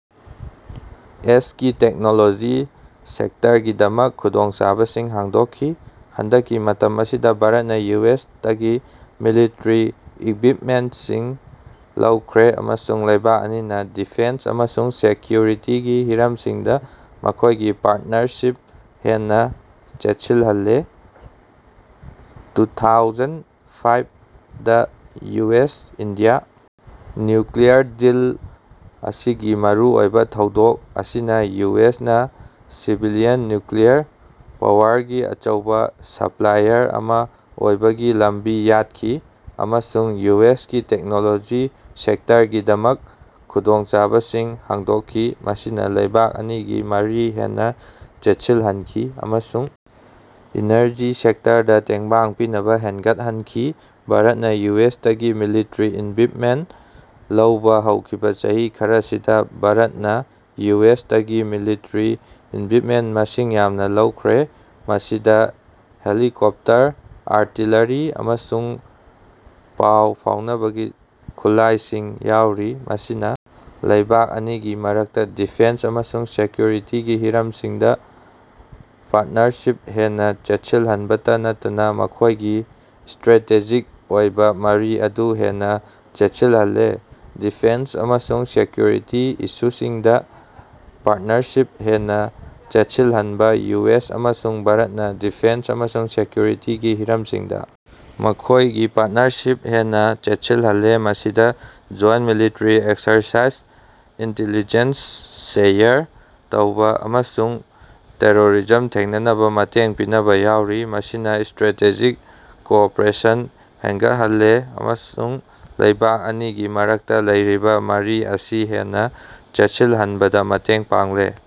ꯑꯦꯁ ꯀꯤ ꯇꯦꯛꯅꯣꯂꯣꯖꯤ ꯁꯦꯛꯇꯔꯒꯤꯗꯃꯛ ꯈꯨꯗꯣꯡꯆꯥꯕꯁꯤꯡ ꯍꯥꯡꯗꯣꯛꯈꯤ꯫ ꯍꯟꯗꯛꯀꯤ ꯃꯇꯝ ꯑꯁꯤꯗ ꯚꯥꯔꯠꯅ ꯌꯨ ꯑꯦꯁ ꯇꯒꯤ ꯃꯤꯂꯤꯇꯔꯤ ꯏꯛꯕꯤꯞꯃꯦꯟꯇꯁꯤꯡ ꯂꯧꯈ꯭ꯔꯦ ꯑꯃꯁꯨꯡ ꯂꯩꯕꯥꯛ ꯑꯅꯤꯅ ꯗꯤꯐꯦꯟꯁ ꯑꯃꯁꯨꯡ ꯁꯦꯀꯌꯨꯔꯤꯇꯤꯒꯤ ꯍꯤꯔꯝꯁꯤꯡꯗ ꯃꯈꯣꯏꯒꯤ ꯄꯥꯔꯠꯅꯔꯁꯤꯞ ꯍꯦꯟꯅ ꯆꯦꯠꯁꯤꯜꯍꯜꯂꯦ꯫ ꯇꯨꯊꯥꯎꯖꯟ ꯐꯥꯏꯞ ꯗ U S India nuclear deal ꯃꯁꯤꯒꯤ ꯃꯔꯨꯑꯣꯏꯕ ꯊꯧꯗꯣꯛ ꯑꯁꯤꯅ ꯌꯨ ꯑꯦꯁ ꯅ ꯁꯤꯚꯤꯂꯤꯌꯟ ꯅꯌꯨꯀꯂꯤꯌꯔ ꯄꯥꯋꯔꯒꯤ ꯑꯆꯧꯕ ꯁꯞꯂꯥꯏꯌꯔ ꯑꯃ ꯑꯣꯏꯕꯒꯤ ꯂꯝꯕꯤ ꯌꯥꯠꯈꯤ ꯑꯃꯁꯨꯡ ꯌꯨ ꯑꯦꯁ ꯀꯤ ꯇꯦꯛꯅꯣꯂꯣꯖꯤ ꯁꯦꯛꯇꯔꯒꯤꯗꯃꯛ ꯈꯨꯗꯣꯡꯆꯥꯕꯁꯤꯡ ꯍꯥꯡꯗꯣꯛꯈꯤ꯫ ꯃꯁꯤꯅ ꯂꯩꯕꯥꯛ ꯑꯅꯤꯒꯤ ꯃꯔꯤ ꯍꯦꯟꯅ ꯆꯦꯠꯁꯤꯜꯍꯟꯈꯤ ꯑꯃꯁꯨꯡ ꯏꯅꯔꯖꯤ ꯁꯦꯛꯇꯔꯗ ꯇꯦꯡꯕꯥꯡ ꯄꯤꯅꯕ ꯍꯦꯟꯒꯠꯍꯟꯈꯤ꯫ ꯚꯥꯔꯠꯅ ꯌꯨ ꯑꯦꯁ ꯇꯒꯤ ꯃꯤꯂꯤꯇꯔꯤ ꯏꯛꯕꯤꯞꯃꯦꯟꯠ ꯂꯧꯕ ꯍꯧꯈꯤꯕ ꯆꯍꯤ ꯈꯔꯁꯤꯗ ꯚꯥꯔꯠꯅ ꯌꯨ ꯑꯦꯁ ꯇꯒꯤ ꯃꯤꯂꯤꯇꯔꯤ ꯏꯛꯕꯤꯞꯃꯦꯟ ꯃꯁꯤꯡ ꯌꯥꯝꯅ ꯂꯧꯈ꯭ꯔꯦ꯫ ꯃꯁꯤꯗ ꯍꯦꯂꯤꯀꯣꯞꯇꯔ ꯑꯥꯔꯇꯤꯂꯥꯔꯤ ꯑꯃꯁꯨꯡ ꯄꯥꯎ ꯐꯥꯎꯅꯕꯒꯤ ꯈꯨꯠꯂꯥꯏꯁꯤꯡ ꯌꯥꯎꯔꯤ꯫ ꯃꯁꯤꯅ ꯂꯩꯕꯥꯛ ꯑꯅꯤꯒꯤ ꯃꯔꯛꯇ ꯗꯤꯐꯦꯟꯁ ꯑꯃꯁꯨꯡ ꯁꯦꯀꯌꯨꯔꯤꯇꯤꯒꯤ ꯍꯤꯔꯝꯁꯤꯡꯗ ꯄꯥꯔꯠꯅꯔꯁꯤꯞ ꯍꯦꯟꯅ ꯆꯦꯠꯁꯤꯜꯍꯟꯕꯇ ꯅꯠꯇꯅ ꯃꯈꯣꯏꯒꯤ ꯁꯇꯔꯦꯇꯦꯖꯤꯛ ꯑꯣꯏꯕ ꯃꯔꯤ ꯑꯗꯨ ꯍꯦꯟꯅ ꯆꯦꯠꯁꯤꯜꯍꯜꯂꯦ꯫ ꯗꯤꯐꯦꯟꯁ ꯑꯃꯁꯨꯡ ꯁꯦꯀꯌꯨꯔꯤꯇꯤ ꯏꯁꯨꯁꯤꯡꯗ ꯄꯥꯔꯠꯅꯔꯁꯤꯞ ꯍꯦꯟꯅ ꯆꯦꯠꯁꯤꯜꯍꯟꯕ ꯌꯨ ꯑꯦꯁ ꯑꯃꯁꯨꯡ ꯚꯥꯔꯠꯅ ꯗꯤꯐꯦꯟꯁ ꯑꯃꯁꯨꯡ ꯁꯦꯀꯌꯨꯔꯤꯇꯤꯒꯤ ꯍꯤꯔꯝꯁꯤꯡꯗ ꯃꯈꯣꯏꯒꯤ ꯄꯥꯔꯠꯅꯔꯁꯤꯞ ꯍꯦꯟꯅ ꯆꯦꯠꯁꯤꯜꯍꯜꯂꯦ ꯃꯁꯤꯗ joint military exercise intelligence share ꯇꯧꯕ ꯑꯃꯁꯨꯡ ꯇꯦꯔꯣꯔꯤꯖꯝ ꯊꯦꯡꯅꯅꯕ ꯃꯇꯦꯡ ꯄꯤꯅꯕ ꯌꯥꯎꯔꯤ꯫ ꯃꯁꯤꯅ ꯁꯇꯔꯦꯇꯦꯖꯤꯛ ꯀꯣꯑꯣꯄꯔꯦꯁꯟ ꯍꯦꯡꯒꯠꯍꯜꯂꯦ ꯑꯃꯁꯨꯡ ꯂꯩꯕꯥꯛ ꯑꯅꯤꯒꯤ ꯃꯔꯛꯇ ꯂꯩꯔꯤꯕ ꯃꯔꯤ ꯑꯁꯤ ꯍꯦꯟꯅ ꯆꯦꯠꯁꯤꯟꯍꯟꯕꯗ ꯃꯇꯦꯡ ꯄꯥꯡꯂꯦ꯫